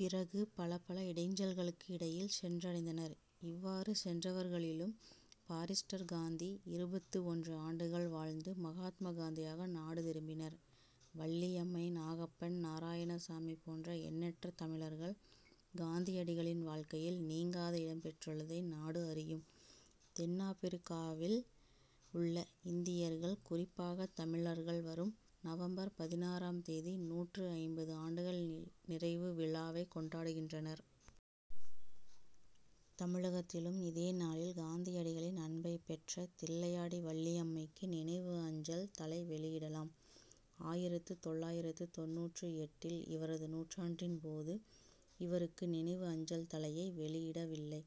பிறகு, பலபல இடைஞ்சல்களுக்கு இடையில் சென்றடைந்தனர். இவ்வாறு சென்றவர்களிலும், பாரிஸ்டர் காந்தி இருபத்து ஒன்று ஆண்டுகள் வாழ்ந்து, மகாத்மா காந்தியாக நாடு திரும்பினர். வள்ளியம்மை, நாகப்பன், நாராயணசாமி போன்ற எண்ணற்ற தமிழர்கள், காந்தியடிகளின் வாழ்க்கையில் நீங்காத இடம் பெற்றுள்ளதை நாடு அறியும். தென்னாப்ரிக்காவில் உள்ள இந்தியர்கள், குறிப்பாக தமிழர்கள், வரும் நவம்பர் பதினாறாம் தேதி, நூற்று ஐம்பது ஆண்டுகள் நிறைவு விழாவை கொண்டாடுகின்றனர். தமிழகத்திலும் இதே நாளில், காந்தியடிகளின் அன்பைப் பெற்ற தில்லையாடி வள்ளியம்மைக்கு நினைவு அஞ்சல் தலை வெளியிடலாம். ஆயிரத்து தொள்ளாயிரத்து தொண்ணூற்று எட்டில் இவரது நூற்றாண்டின் போது, இவருக்கு நினைவு அஞ்சல் தலையை வெளியிடவில்லை.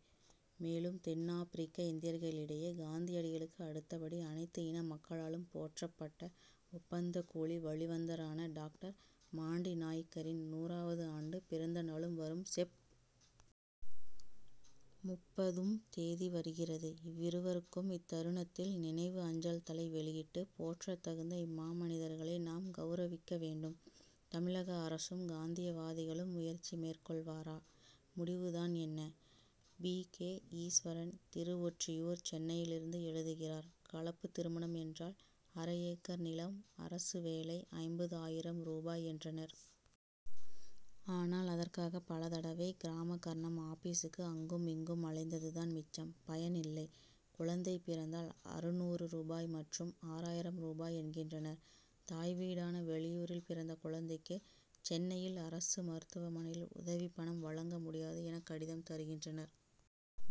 மேலும், தென்னாப்ரிக்க இந்தியர்களிடையே காந்தியடிகளுக்கு அடுத்தபடி, அனைத்து இன மக்களாலும் போற்றப்பட்ட, ஒப்பந்த கூலி' வழிவந்தவரான டாக்டர் மாண்டிநாய்க்கரின் நூறாவது ஆண்டு பிறந்த நாளும், வரும் செப்., முப்பதும் தேதி வருகிறது. இவ்விருவருக்கும் இத்தருணத்தில் நினைவு அஞ்சல் தலை வெளியிட்டு, போற்றத் தகுந்த இம்மாமனிதர்களை, நாம் கவுரவிக்க வேண்டும். தமிழக அரசும், காந்தியவாதிகளும் முயற்சி மேற் கொள்வரா? முடிவு தான் என்ன? பி. கே. ஈஸ்வரன், திருவொற்றியூர், சென்னையிலிருந்து எழுதுகிறார்: கலப்பு திருமணம் என்றால், அரை ஏக்கர் நிலம், அரசு வேலை, ஐம்பது ஆயிரம் ரூபாய் என்றனர். ஆனால், அதற்காக பலதடவை கிராம கர்ணம் ஆபீசுக்கு, அங்கும் இங்கும் அலைந்தது தான் மிச்சம்; பயனில்லை. குழந்தை பிறந்தால், அறுநூறு ரூபாய் மற்றும் ஆறாயிரம் ரூபாய் என்கின்றனர். தாய் வீடான வெளியூரில் பிறந்த குழந்தைக்கு, சென்னையில் அரசு மருத்துவமனையில் உதவி பணம் வழங்க முடியாது' என, கடிதம் தருகின்றனர்.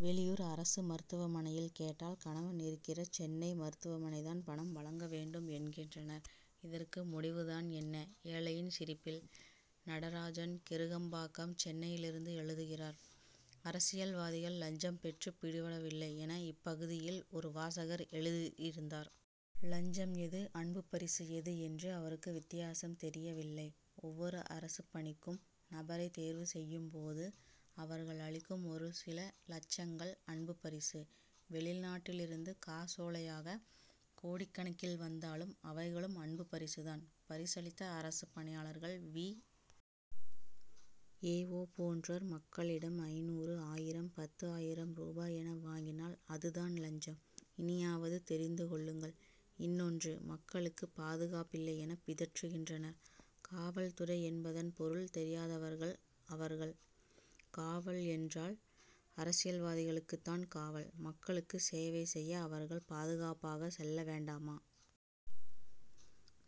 வெளியூர் அரசு மருத்துவமனையில் கேட்டால், கணவன் இருக்கிற சென்னை மருத்துவமனை தான் பணம் வழங்க வேண்டும்' என்கின்றனர். இதற்கு முடிவு தான் என்ன? ஏழையின் சிரிப்பில்: நடராஜன், கெருகம்பாக்கம், சென்னையிலிருந்து எழுதுகிறார்: அரசியல்வாதிகள் லஞ்சம் பெற்று பிடிபடவில்லை' என, இப்பகுதியில் ஒரு வாசகர் எழுதியிருந்தார். லஞ்சம் எது, அன்புப் பரிசு எது என்று அவருக்கு வித்தியாசம் தெரியவில்லை. ஒவ்வொரு அரசுப் பணிக்கும் நபரை தேர்வு செய்யும் போது, அவர்கள் அளிக்கும் ஒரு சில லட்சங்கள் அன்பு பரிசு. வெளிநாட்டிலிருந்து காசோலையாக கோடிக்கணக்கில் வந்தாலும், அவைகளும் அன்பு பரிசு தான். பரிசளித்த அரசு பணியாளர்கள், வி. ஏ. ஓ., போன்றோர் மக்களிடம் ஐநூறு, ஆயிரம் பத்து ஆயிரம் ரூபாய் என வாங்கினால், அது தான் லஞ்சம்; இனியாவது தெரிந்து கொள்ளுங்கள்இன்னொன்று, மக்களுக்கு பாதுகாப்பில்லை' என பிதற்றுகின்றனர். காவல்துறை என்பதன் பொருள் தெரியாதவர்கள் அவர்கள். காவல் என்றால், அரசியல்வாதிகளுக்குத் தான் காவல். மக்களுக்கு சேவை செய்ய அவர்கள் பாதுகாப்பாக செல்ல வேண்டாமா?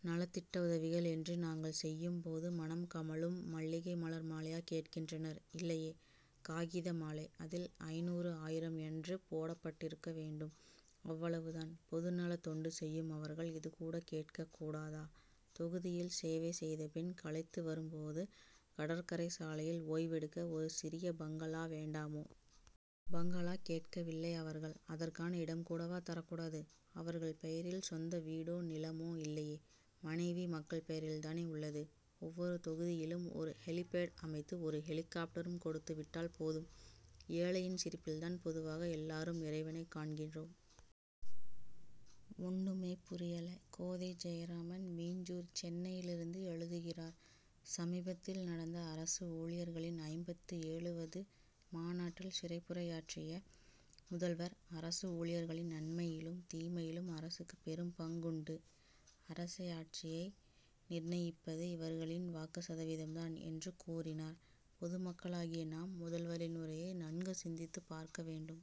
நலத்திட்ட உதவிகள் என்று நாங்கள் செய்யும் போது, மணம் கமழும் மல்லிகை மலர் மாலையா கேட்கின்றனர்? இல்லையே! காகித மாலை. அதில், ஐநூறு, ஆயிரம் என்று போடப்பட்டிருக்க வேண்டும்; அவ்வளவு தான்! பொதுநலத் தொண்டு செய்யும் அவர்கள், இது கூட கேட்கக் கூடாதா? தொகுதியில் சேவை செய்த பின் களைத்து வரும் போது, கடற்கரை சாலையில் ஓய்வெடுக்க ஒரு சிறிய பங்களா வேண்டாமோ? பங்களா கேட்கவில்லை அவர்கள், அதற்கான இடம் கூடவா தரக்கூடாது? அவர்கள் பெயரில் சொந்த வீடோ, நிலமோ இல்லையே! மனைவி, மக்கள் பெயரில் தானே உள்ளது. ஒவ்வொரு தொகுதியிலும், ஒரு ஹெலிபேட் அமைத்து, ஒரு ஹெலிகாப்டரும் கொடுத்து விட்டால் போதும். ஏழையின் சிரிப்பில் தான் பொதுவாக எல்லாரும் இறைவனைக் காண்கிறோம். ஒண்ணுமே புரியலே: கோதை ஜெயராமன், மீஞ்சூர், சென்னையிலிருந்து எழுதுகிறார்: சமீபத்தில் நடந்த அரசு ஊழியர்களின் ஐம்பத்து ஏழுவது மாநாட்டில் சிறப்புரையாற்றிய முதல்வர், அரசு ஊழியர்களின் நன்மையிலும், தீமையிலும் அரசுக்கு பெரும் பங்குண்டு; அரசை, ஆட்சியை நிர்ணயிப்பது இவர்களின் வாக்கு சதவீதம் தான்' என்று கூறினார். பொதுமக்களாகிய நாம், முதல்வரின் உரையை நன்கு சிந்தித்து பார்க்க வேண்டும்.